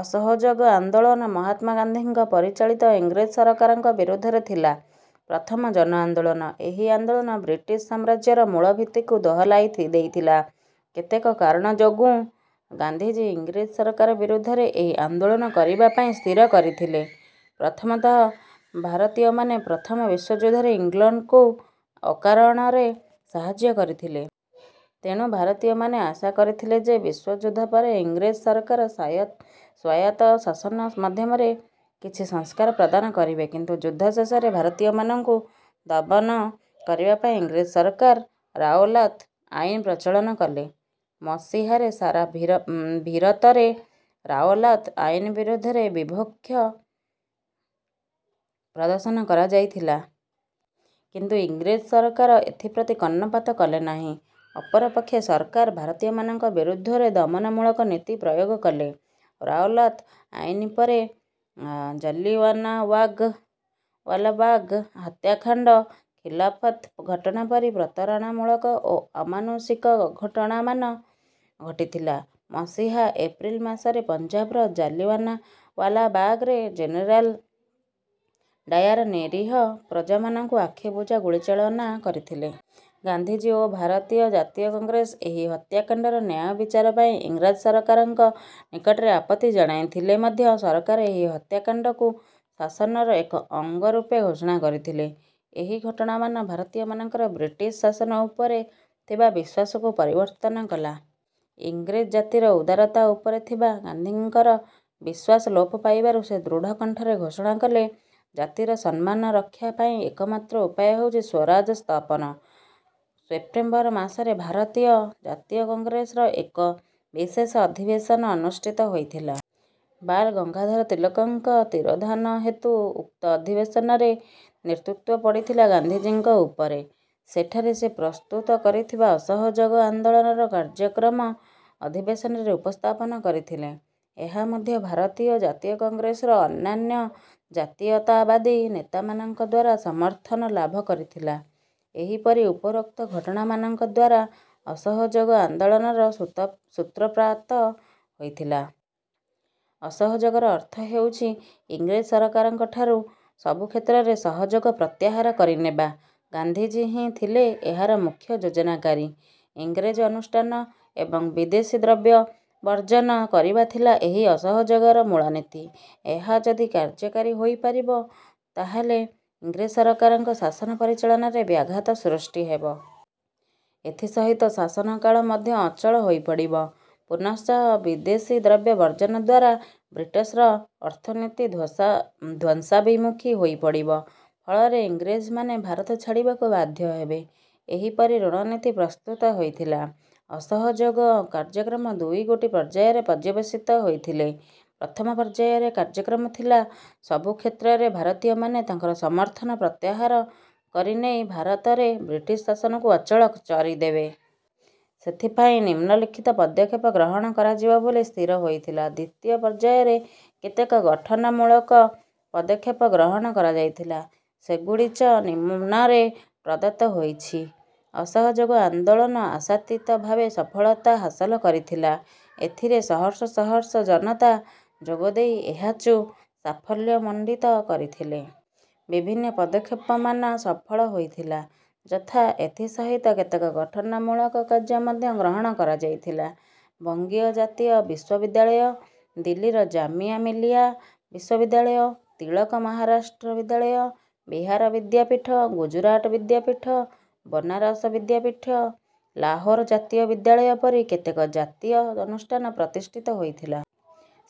ଅସହଯୋଗ ଆନ୍ଦୋଳନ ମହାତ୍ମା ଗାନ୍ଧୀଙ୍କ ପରିଚାଳିତ ଇଂରେଜ ସରକାରଙ୍କ ବିରୁଦ୍ଧରେ ଥିଲା ପ୍ରଥମ ଜନ ଆନ୍ଦୋଳନ। ଏହି ଆନ୍ଦୋଳନ ବ୍ରିଟିଶ ସାମ୍ରାଜ୍ୟର ମୂଳଭିତ୍ତିକୁ ଦୋହଲାଇ ଦେଇଥିଲା। କେତେକ କାରଣ ଯୋଗୁଁ ଗାନ୍ଧିଜୀ ଇଂରେଜ ସରକାର ବିରୁଦ୍ଧରେ ଏହି ଆନ୍ଦୋଳନ କରିବା ପାଇଁ ସ୍ଥିର କରିଥିଲେ। ପ୍ରଥମତଃ ଭାରତୀୟମାନେ ପ୍ରଥମ ବିଶ୍ୱଯୁଦ୍ଧରେ ଇଂଲଣ୍ଡକୁ ଅକାରଣରେ ସାହାଯ୍ୟ କରିଥିଲେ। ତେଣୁ ଭାରତୀୟମାନେ ଆଶା କରିଥିଲେ ଯେ ବିଶ୍ୱଯୁଦ୍ଧ ପରେ ଇଂରେଜ ସରକାର ସ୍ୱାୟତ ଶାସନ ମାଧ୍ୟମରେ କିଛି ସଂସ୍କାର ପ୍ରଦାନ କରିବେ। କିନ୍ତୁ ଯୁଦ୍ଧ ଶେଷରେ ଭାରତୀୟମାନଙ୍କୁ ଦମନ କରିବା ପାଇଁ ଇଂରେଜ ସରକାର ରାଓଲାତ୍ ଆଇନ ପ୍ରଚଳନ କଲେ। ମସିହାରେ ସାରା ଭିରତରେ ରାଓଲାତ୍ ଆଇନ ବିରୁଦ୍ଧରେ ବିକ୍ଷୋଭ ପ୍ରଦର୍ଶନ କରାଯାଇଥିଲା। କିନ୍ତୁ ଇଂରେଜ ସରକାର ଏଥିପ୍ରତି କର୍ଣ୍ଣପାତ କଲେ ନାହିଁ। ଅପରପକ୍ଷେ ସରକାର ଭାରତୀୟମାନଙ୍କ ବିରୁଦ୍ଧରେ ଦମନମୂଳକ ନୀତି ପ୍ରୟୋଗ କଲେ। ରାଓଲାତ୍ ଆଇନ ପରେ ଜଳିଆନାୱାଲାବାଗ୍ ହତ୍ୟାକାଣ୍ଡ, ଖିଲାଫତ୍ ଘଟଣା ପରି ପ୍ରତାରଣାମୂଳକ ଓ ଆମାନୁଷିକ ଘଟଣାମାନ ଘଟିଥିଲା। ମସିହା ଏପ୍ରିଲ ମାସରେ ପଞ୍ଜାବର ଜାଲିଆନାୱାଲାବାଗରେ ଜେନେରାଲ୍ ଡାୟାର ନିରୀହ ପ୍ରଜାମାନଙ୍କୁ ଆଖିବୁଜା ଗୁଳିଚାଳନା କରିଥିଲେ। ଗାନ୍ଧିଜୀ ଓ ଭାରତୀୟ ଜାତୀୟ କଂଗ୍ରେସ ଏହି ହତ୍ୟାକାଣ୍ଡର ନ୍ୟାୟ ବିଚାର ପାଇଁ ଇଂରେଜ ସରକାରଙ୍କ ନିକଟରେ ଆପତ୍ତି ଜଣାଇଥିଲେ ମଧ୍ୟ ସରକାର ଏହି ହତ୍ୟାକାଣ୍ଡକୁ ଶାସନର ଏକ ଅଙ୍ଗ ରୂପେ ଘୋଷଣା କରିଥିଲେ। ଏହି ଘଟଣାମାନ ଭାରତୀୟମାନଙ୍କର ବ୍ରିଟିଶ ଶାସନ ଉପରେ ଥିବା ବିଶ୍ୱାସକୁ ପରିବର୍ତ୍ତନ କଲା। ଇଂରେଜ ଜାତିର ଉଦାରତା ଉପରେ ଥିବା ଗାନ୍ଧିଙ୍କର ବିଶ୍ୱାସ ଲୋପ ପାଇବାରୁ ସେ ଦୃଢ କଣ୍ଠରେ ଘୋଷଣା କଲେ, "ଜାତିର ସମ୍ନାନ ରକ୍ଷା ପାଇଁ ଏକମାତ୍ର ଉପାୟ ହେଉଛି ସ୍ୱରାଜ ସ୍ଥପନ। ସେପ୍ଟେମ୍ବର ମାସରେ ଭାରତୀୟ ଜାତୀୟ କଂଗ୍ରେସର ଏକ ବିଶେଷ ଅଧିବେଶନ ଅନୁଷ୍ଠିତ ହୋଇଥିଲା। ବାଲ୍ ଗଙ୍ଗାଧର ତିଳକଙ୍କ ତିରୋଧାନ ହେତୁ ଉକ୍ତ ଅଧିବେଶନରେ ନେତୃତ୍ୱ ପଡିଥିଲା ଗାନ୍ଧିଜୀଙ୍କ ଉପରେ। ସେଠାରେ ସେ ପ୍ରସ୍ତୁତ କରିଥିବା ଅସହଯୋଗ ଆନ୍ଦୋଳନର କାର୍ଯ୍ୟକ୍ରମ ଅଧିବେଶନରେ ଉପସ୍ଥାପନ କରିଥିଲେ। ଏହା ମଧ୍ୟ ଭାରତୀୟ ଜାତୀୟ କଂଗ୍ରେସର ଅନ୍ୟାନ୍ୟ ଜାତୀୟତାବାଦୀ ନେତାମାନଙ୍କଦ୍ୱାରା ସମର୍ଥନ ଲାଭ କରିଥିଲା। ଏହିପରି ଉପରୋକ୍ତ ଘଟଣାମାନଙ୍କଦ୍ୱାରା ଅସହଯୋଗ ଆନ୍ଦୋଳନର ସୂତ୍ରପାତ ହୋଇଥିଲା। ଅସହଯୋଗର ଅର୍ଥ ହେଉଛି ଇଂରେଜ ସରକାରଙ୍କଠାରୁ ସବୁ କ୍ଷେତ୍ରରେ ସହଯୋଗ ପ୍ରତ୍ୟାହାର କରିନେବା। ଗାନ୍ଧିଜୀ ହିଁ ଥିଲେ ଏହାର ମୁଖ୍ୟ ଯୋଜନାକାରୀ। ଇଂରେଜ ଅନୁଷ୍ଠାନ ଏବଂ ବିଦେଶୀ ଦ୍ରବ୍ୟ ବର୍ଜନ କରିବା ଥିଲା ଏହି ଅସହଯୋଗର ମୂଳନୀତି। ଏହା ଯଦି କାର୍ଯ୍ୟକାରୀ ହୋଇପାରି୍ବ ତାହାଲେ ଇଂରେଜ ସରକାରଙ୍କ ଶାସନ ପରିଚାଳନାରେ ବ୍ୟାଘାତ ସୃଷ୍ଟି ହେବ। ଏଥିସହିତ ଶାସନକାଳ ମଧ୍ୟ ଅଚଳ ହୋଇପଡିବ। ପୁନଶ୍ଚ ବିଦେଶୀ ଦ୍ରବ୍ୟ ବର୍ଜନଦ୍ୱାରା ବ୍ରିଟିଶର ଅର୍ଥନୀତି ଧ୍ୱଂସାଭିମୁଖୀ ହୋଇପଡିବ। ଫଳରେ ଇଂରେଜମାନେ ଭାରତ ଛାଡିବାକୁ ବାଧ୍ୟ ହେବେ। ଏହିପରି ରଣନୀତି ପ୍ରସ୍ତୁତ ହୋଇଥିଲା। ଅସହଯୋଗ କାର୍ଯ୍ୟକ୍ରମ ଦୁଇଗୋଟି ପର୍ଯ୍ୟାୟରେ ପର୍ଯ୍ୟବେଶିତ ହୋଇଥିଲେ। ପ୍ରଥମ ପର୍ଯ୍ୟାୟରେ କାର୍ଯ୍ୟକ୍ରମ ଥିଲା ସବୁକ୍ଷେତ୍ରରେ ଭାରତୀୟମାନେ ତାଙ୍କର ସମର୍ଥନ ପତ୍ୟାହାର କରିନେଇ ଭାରତରେ ବ୍ରିଟିଶ ଶାସନକୁ ଅଚଳ ଚରିଦେବେ। ସେଥିପାଇଁ ନିମ୍ନଲିଖିତ ପଦକ୍ଷେପ ଗ୍ରହଣ କରାଯିବ ବୋଲି ସ୍ଥିର ହୋଇଥିଲା। ଦ୍ୱିତୀୟ ପର୍ଯ୍ୟାୟରେ କେତେକ ଗଠନମୂଳକ ପଦକ୍ଷେପ ଗ୍ରହଣ କରାଯାଇଥିଲା। ସେଗୁଡିଚ ନିମ୍ନରେ ପ୍ରଦତ୍ତ ହୋଇଛି- ଅସହଯୋଗ ଆନ୍ଦୋଳନ ଆଶାତୀତ ଭାବେ ସଫଳତା ହାସଲ କରିଥିଲା। ଏଥିରେ ସହସ୍ର ସହସ୍ର ଜନତା ଯୋଗଦେଇ ଏହାଚୁ ସାଫଲ୍ୟମଣ୍ଡିତ କରିଥିଲେ। ବିଭିନ୍ନ ପଦକ୍ଷେପମାନ ସଫଳ ହୋଇଥିଲା, ଯଥା; ଏଥି ସହିତ କେତେକ ଗଠନମୂଳକ କାର୍ଯ୍ୟ ମଧ୍ୟ ଗ୍ରହଣ କରାଯାଇଥିଲା। ବଙ୍ଗୀୟ ଜାତୀୟ ବିଶ୍ୱବିଦ୍ୟାଳୟ, ଦିଲ୍ଲୀର ଜାମିଆ ମିଲିଆ ବିଶ୍ୱବିଦ୍ୟାଳୟ, ତିଳକ ମହାରାଷ୍ଟ୍ର ବିଦ୍ୟାଳୟ, ବିହାର ବିଦ୍ୟାପୀଠ, ଗୁଜରାଟ ବିଦ୍ୟାପୀଠ, ବନାରସ ବିଦ୍ୟାପୀଠ, ଲାହୋର ଜାତୀୟ ବିଦ୍ୟାଳୟ ପରି କେତେକ ଜାତୀୟ ଅନୁଷ୍ଠାନ ପ୍ରତିଷ୍ଠିତ ହୋଇଥିଲା।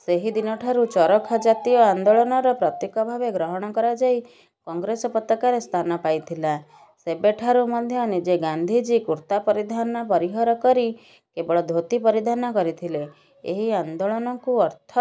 ସେହି ଦିନଠାରୁ ଚରଖା ଜାତୀୟ ଆନ୍ଦୋଳନର ପ୍ରତୀକ ଭାବେ ଗ୍ରହଣ କରାଯାଇ କଂଗ୍ରେସ ପତାକାରେ ସ୍ଥାନ ପାଇଥିଲା। ସେବେଠାରୁ ମଧ୍ୟ ନିଜେ ଗାନ୍ଧିଜୀ କୁର୍ତ୍ତା ପରିଧାନ ପରିହର କରି କେବଳ ଧୋତି ପରିଧାନ କରିଥିଲେ। ଏହି ଆନ୍ଦୋଳନକୁ ଅର୍ଥ